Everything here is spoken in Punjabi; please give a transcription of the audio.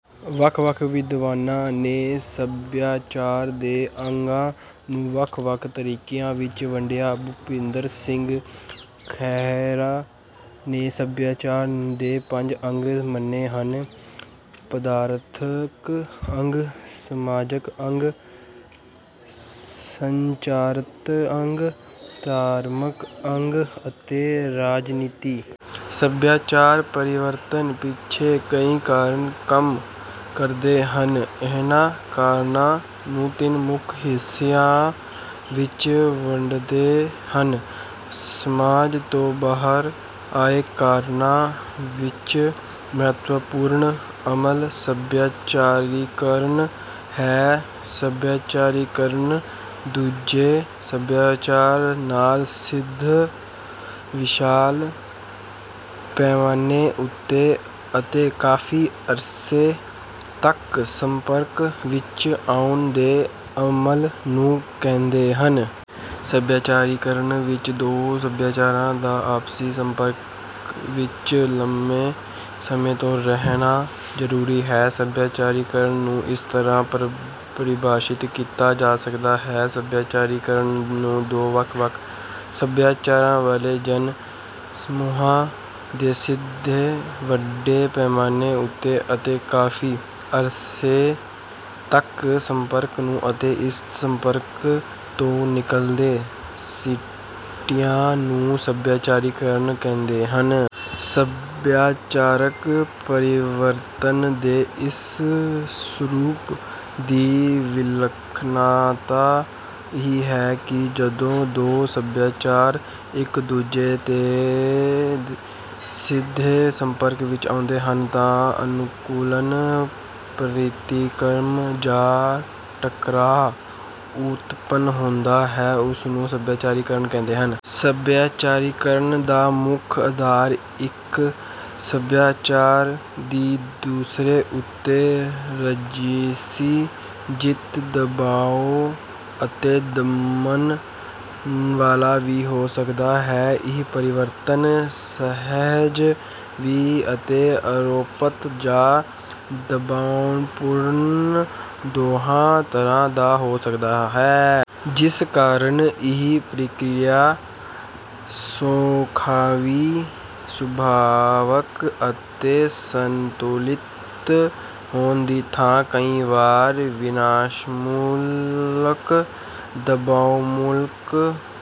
ਵੱਖ ਵੱਖ ਵਿਦਵਾਨਾਂ ਨੇ ਸੱਭਿਆਚਾਰ ਦੇ ਅੰਗਾਂ ਨੂੰ ਵੱਖ ਵੱਖ ਤਰੀਕਿਆਂ ਵਿੱਚ ਵੰਡਿਆ। ਭੁਪਿੰਦਰ ਸਿੰਘ ਖਹਿਰਾ ਨੇ ਸੱਭਿਆਚਾਰ ਦੇ ਪੰਜ ਅੰਗ ਮੰਨੇ ਹਨ ਪਦਾਰਥਕ ਅੰਗ ਸਮਾਜਕ ਅੰਗ ਸੰਚਾਰਤ ਅੰਗ ਧਾਰਮਕ ਅੰਗ ਅਤੇ ਰਾਜਨੀਤੀ। ਸੱਭਿਆਚਾਰ ਪਰਿਵਰਤਨ ਪਿੱਛੇ ਕਈ ਕਾਰਨ ਕੰਮ ਕਰਦੇ ਹਨ। ਇਨ੍ਹਾਂ ਕਾਰਨਾਂ ਨੂੰ ਤਿੰਨ ਮੁੱਖ ਹਿੱਸਿਆਂ ਵਿੱਚ ਵੰਡਦੇ ਹਨ। ਸਮਾਜ ਤੋਂ ਬਾਹਰ ਆਏ ਕਾਰਨਾਂ ਵਿੱਚ ਮਹੱਤਵਪੂਰਨ ਅਮਲ ਸੱਭਿਆਚਾਰੀਕਰਨ ਹੈ। ਸੱਭਿਆਚਾਰੀਕਰਨ ਦੂਜੇ ਸਭਿਆਚਾਰ ਨਾਲ ਸਿੱਧਾ ਵਿਸ਼ਾਲ ਪੈਮਾਨੇ ਉੱਤੇ ਅਤੇ ਕਾਫ਼ੀ ਅਰਸੇ ਤੱਕ ਸੰਪਰਕ ਵਿੱਚ ਆਉਣ ਦੇ ਅਮਲ ਨੂੰ ਕਹਿੰਦੇ ਹਨ। ਸੱਭਿਆਚਾਰੀਕਰਨ ਵਿੱਚ ਦੋ ਸੱਭਿਆਚਾਰਾਂ ਦਾ ਆਪਸੀ ਸੰਪਰਕ ਵਿੱਚ ਲੰਮੇ ਸਮੇਂ ਤੋਂ ਰਹਿਣਾ ਜ਼ਰੂਰੀ ਹੈ। ਸੱਭਿਆਚਾਰੀਕਰਨ ਨੂੰ ਇਸ ਤਰ੍ਹਾਂ ਪਰਿਭਾਸ਼ਿਤ ਕੀਤਾ ਜਾ ਸਕਦਾ ਹੈ। ਸੱਭਿਆਚਾਰੀਕਰਨ ਨੂੰ ਦੋ ਵੱਖ ਵੱਖ ਸੱਭਿਆਚਾਰਾਂ ਵਾਲੇ ਜਨ ਸਮੂਹਾਂ ਦੇ ਸਿੱਧੇ ਵੱਡੇ ਪੈਮਾਨੇ ਉੱਤੇ ਅਤੇ ਕਾਫ਼ੀ ਅਰਸੇ ਤੱਕ ਸੰਪਰਕ ਨੂੰ ਅਤੇ ਇਸ ਸੰਪਰਕ ਤੋਂ ਨਿਕਲਦੇ ਸਿੱਟਿਆਂ ਨੂੰ ਸੱਭਿਆਚਾਰੀਕਰਨ ਕਹਿੰਦੇ ਹਨ। ਸੱਭਿਆਚਾਰਕ ਪਰਿਵਰਤਨ ਦੇ ਇਸ ਸਰੂਪ ਦੀ ਵਿਲੱਖਣਤਾ ਇਹ ਹੈ ਕਿ ਜਦੋਂ ਦੋ ਸਭਿਆਚਾਰ ਇੱਕ ਦੂਜੇ ਦੇ ਸਿੱਧੇ ਸੰਪਰਕ ਵਿੱਚ ਆਉਂਦੇ ਹਨ ਤਾਂ ਅਨੁਕੁਲਣ ਪ੍ਰਤਿਕਰਮ ਜਾਂ ਟਕਰਾਅ ਉਤਪੰਨ ਹੁੰਦਾ ਹੈ ਉਸ ਨੂੰ ਸੱਭਿਆਚਾਰੀਕਰਨ ਕਹਿੰਦੇ ਹਨ। ਸੱਭਿਆਚਾਰੀਕਰਨ ਦਾ ਮੁੱਖ ਆਧਾਰ ਇੱਕ ਸੱਭਿਆਚਾਰ ਦੀ ਦੂਸਰੇ ਉੱਤੇ ਰਾਜਸੀ ਜਿੱਤ ਦਬਾਉ ਅਤੇ ਦਮਨ ਵਾਲਾ ਵੀ ਹੋ ਸਕਦਾ ਹੈ। ਇਹ ਪਰਿਵਰਤਨ ਸਹਿਜ ਵੀ ਅਤੇ ਆਰੋਪਤ ਜਾਂ ਦਬਾਉਣਪੂਰਣ ਦੋਹਾਂ ਤਰਾਂ ਦਾ ਹੋ ਸਕਦਾ ਹੈ ਜਿਸ ਕਾਰਨ ਇਹ ਪ੍ਰਕਿਰਿਆ ਸੁਖਾਵੀਂ ਸੁਭਾਵਕ ਅਤੇ ਸੰਤੁਲਿਤ ਹੋਣ ਦੀ ਥਾਂ ਕਈ ਵਾਰੀ ਵਿਨਾਸ਼ਮੂਲਕ ਦਬਾਉਮੂਲਕ